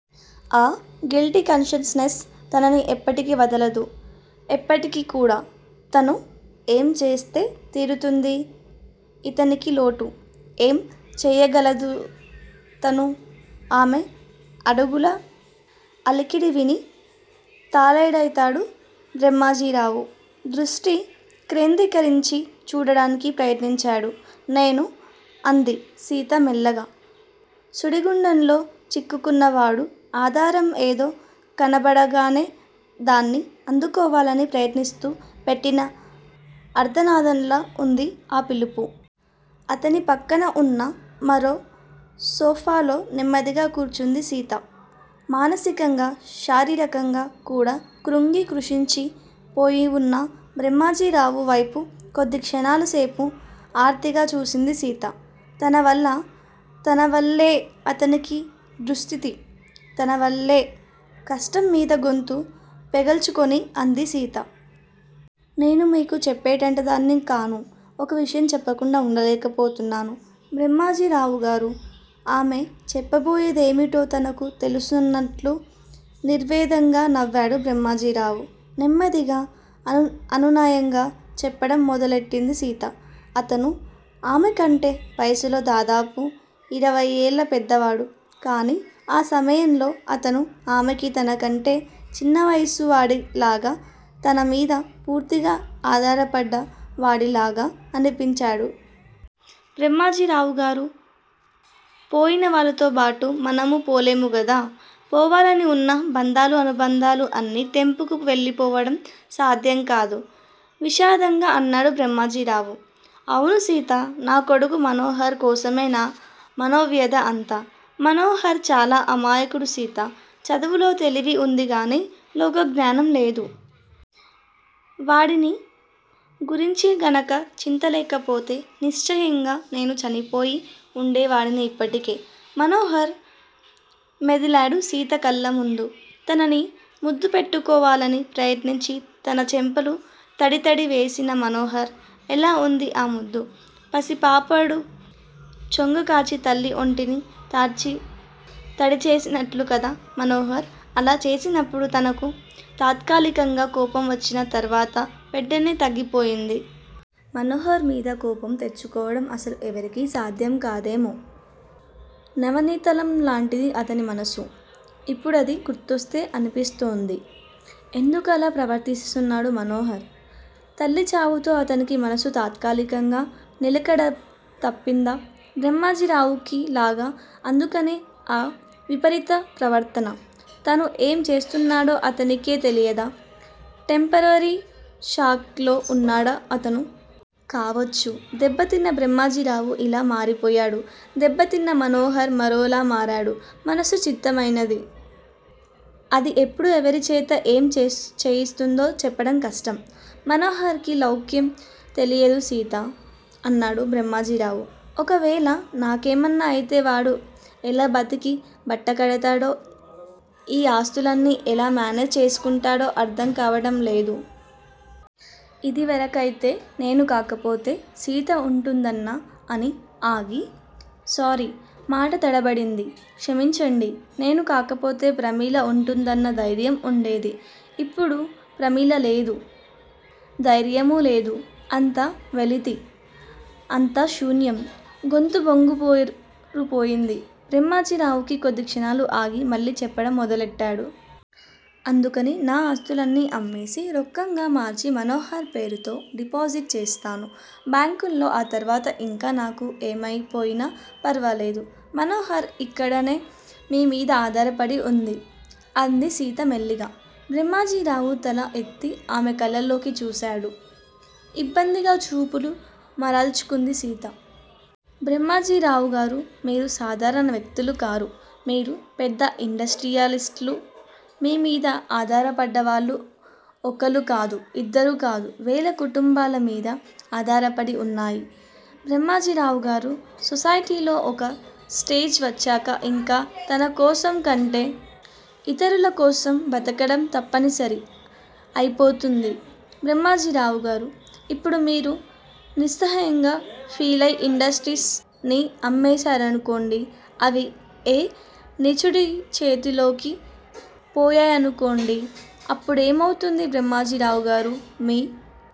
ఆ guilty consciousness తనని ఎప్పటికీ వదలదు! ఎప్పటికీ కూడా! తను ఏం చేస్తే తీరుతుంది ఇతనికి లోటు. ఏం చెయ్యగలదుతను? ఆమె అడుగుల అలికిడి విని తలైతాడు బ్రహ్మాజీరావు. దృష్టి కేంద్రీకరించి చూడడానికి ప్రయత్నించాడు. నేను అంది సీత మెల్లగా. సుడిగుండంలో చిక్కుకున్న వాడు ఆధారం ఏదో కనబడగానే దాన్ని అందుకోవాలని ప్రయత్నిస్తూ పెట్టిన అర్తనాదంలా వుంది ఆ పిలుపు! అతని పక్కన వున్న మరో సోఫాలో నెమ్మదిగా కూర్చుంది సీత. మానసికంగా, శారీరకంగా కూడా క్రుంగి కృశించి పోయివున్న బ్రహ్మాజీరావు వైపు కొద్ది క్షణాల సేపు ఆర్తిగా చూసింది సీత. తన వల్ల తనవల్లే అతనికీ దుస్థితి! తనవల్లే! కష్టంమీద గొంతు పెగల్చుకుని అంది సీత. నేను మీకు చెప్పేటంతటిదాన్ని కాను. ఒక విషయం చెప్పకుండా ఉండలేకపోతున్నాను బ్రహ్మజీరావుగారూ! ఆమెచెప్పబోయేదేమిటో తనకు తెలుసన్నట్లు నిర్వేదంగా నవ్వాడు బ్రహ్మాజీరావు. నెమ్మదిగా, అనునయంగా చెప్పడం మొదలెట్టింది సీత. అతను ఆమెకంటే వయసులో దాదాపు ఇరవయ్యేళ్ళుపెద్దవాడు. కానీ, ఆ సమయంలో అతను ఆమెకి తనకంటే చిన్నవయసువాడిలాగా, తనమీద పూర్తిగా ఆధారపడ్డ వాడిలాగా అనిపించాడు. బ్రహ్మాజీరావుగారూ! పోయిన వాళ్ళతోబాటు మనమూ పోలేము కదా! పోవాలని ఉన్నా బంధాలూ, అనుబంధాలూ అన్నీ తెంపుకు వెళ్ళిపోవడం సాధ్యంకాదు విషాదంగా అన్నాడు బ్రహ్మాజీరావు. అవును సీతా! నా కొడుకు మనోహర్ కోసమే నా మనోవ్యధ అంతా! మనోహర్ చాలా అమాయకుడు సీతా! చదువులో తెలివి ఉందిగానీ, లోకజ్ఞానం లేదు. వాడిని గురించిగనక చింత లేకపోతే, నిశ్చయంగా నేను చనిపోయి ఉండే వాడిని ఇప్పటికే! మనోహర్ మెదిలాడు సీతకళ్ళ ముందు, తనని ముద్దుపెట్టుకోవాలని ప్రయత్నించి తన చెంపలు తడితడి వేసిన మనోహర్. ఎలా ఉంది ఆ ముద్దు? పసిపాపడు చొంగకార్చి తల్లి ఒంటిని తడిచేసినట్లుకదా? మనోహర్ అలా చేసినప్పుడు తనకు తాత్కాలికంగా కోపం వచ్చినా తర్వాత వెంటనే తగ్గిపోయింది. మనోహర్ మీదకోపం తెచ్చుకోవడం అసలు ఎవరికీ సాధ్యంకాదేమో! నవనీతంలాంటిది అతనిమనసు! ఇప్పుడది గుర్తొస్తే అనిపిస్తోంది. ఎందుకలా ప్రవర్తిస్తున్నాడు మనోహర్! తల్లిచావుతో అతనికీ మనసు తాత్కాలికంగా నిలకడతప్పిందా? బ్రహ్మాజీరావుకిలాగా? అందుకనే ఆ విపరీత ప్రవర్తన? తను ఏం చేస్తున్నాడో అతనికే తెలియదా? టెంపరరీ షాక్ లో ఉన్నాడా అతను! కావచ్చు! దెబ్బతిన్న బ్రహ్మాజీరావు ఇలా మారిపోయాడు. దెబ్బతిన్న మనోహర్ మరోలా మారాడు. మనసు చిత్తమైనది. అది ఎప్పుడు ఎవరిచేత ఏం చేయిస్తుందో చెప్పడం కష్టం! మనోహర్ కి లౌక్యం తెలియదు సీతా? అన్నాడు బ్రహ్మాజీరావు. ఒకవేళ నాకేమన్నా అయితే వాడు ఎలా బతికి బట్టకడతాడో ఈ ఆస్తులన్నీ ఎలా మేనేజ్ చేసుకుంటాడో అర్ధంకావడంలేదు. ఇదివరకయితే నేను కాకపోతే సీత ఉంటుందన్న అని ఆగి, సారీ! మాట తడబడింది! క్షమించండి! నేను కాకపోతే ప్రమీల ఉంటుందన్న ధైర్యం ఉండేది. ఇప్పుడు ప్రమీలా లేదు. ధైర్యమూ లేదు. అంత వెలితి! అంతాశూన్యం! గొంతు బొంగురుపోయింది బ్రహ్మాజీరావుకి కొద్ది క్షణాలు ఆగి మళ్ళీ చెప్పడం మొదలెట్టాడు. అందుకని, నా ఆస్తులన్నీ అమ్మేసి, రొక్కంగా మార్చి, మనోహర్ పేరుతో డిపాజిట్ చేస్తాను బ్యాంకులో ఆ తర్వాత ఇంక నాకు ఏమయిపోయినా ఫర్వాలేదు. మనోహర్ ఇక్కడేనా మీమీద ఆధారపడి ఉంది? అంది సీత మెల్లిగా. బ్రహ్మాజీరావు తల ఎత్తి ఆమెకళ్ళలోకి చూసాడు. ఇబ్బందిగా చూపులు మరల్చుకుంది సీత. బ్రహ్మాజీరావుగారూ! మీరు సాధారణ వ్యక్తులుకారు! మీరు పెద్ద ఇండస్ట్రీయలిస్టులు మీమీద ఆధారపడ్డవాళ్ళు ఒకళ్ళు కాదు. ఇద్దరు కాదు. వేల కుటుంబాల మీద ఆధారపడి ఉన్నాయి. బ్రహ్మాజీరావుగారూ! సొసైటీలో ఒక స్టేజ్ వచ్చాక ఇంక తనకోసం కంటే ఇతరులకోసం బతకడం తప్పనిసరి అయిపోతుంది బ్రహ్మాజీరావుగారూ! ఇప్పుడు మీరు నిస్సహాయంగా ఫీలయి ఇండస్ట్రీస్ ని అమ్మేశారనుకోండి. అవి ఏ నీచుడిచేతుల్లోకీ పోయాయనుకోండి. అప్పుడేమవుతుంది బ్రహ్మాజీరావుగారూ! మీ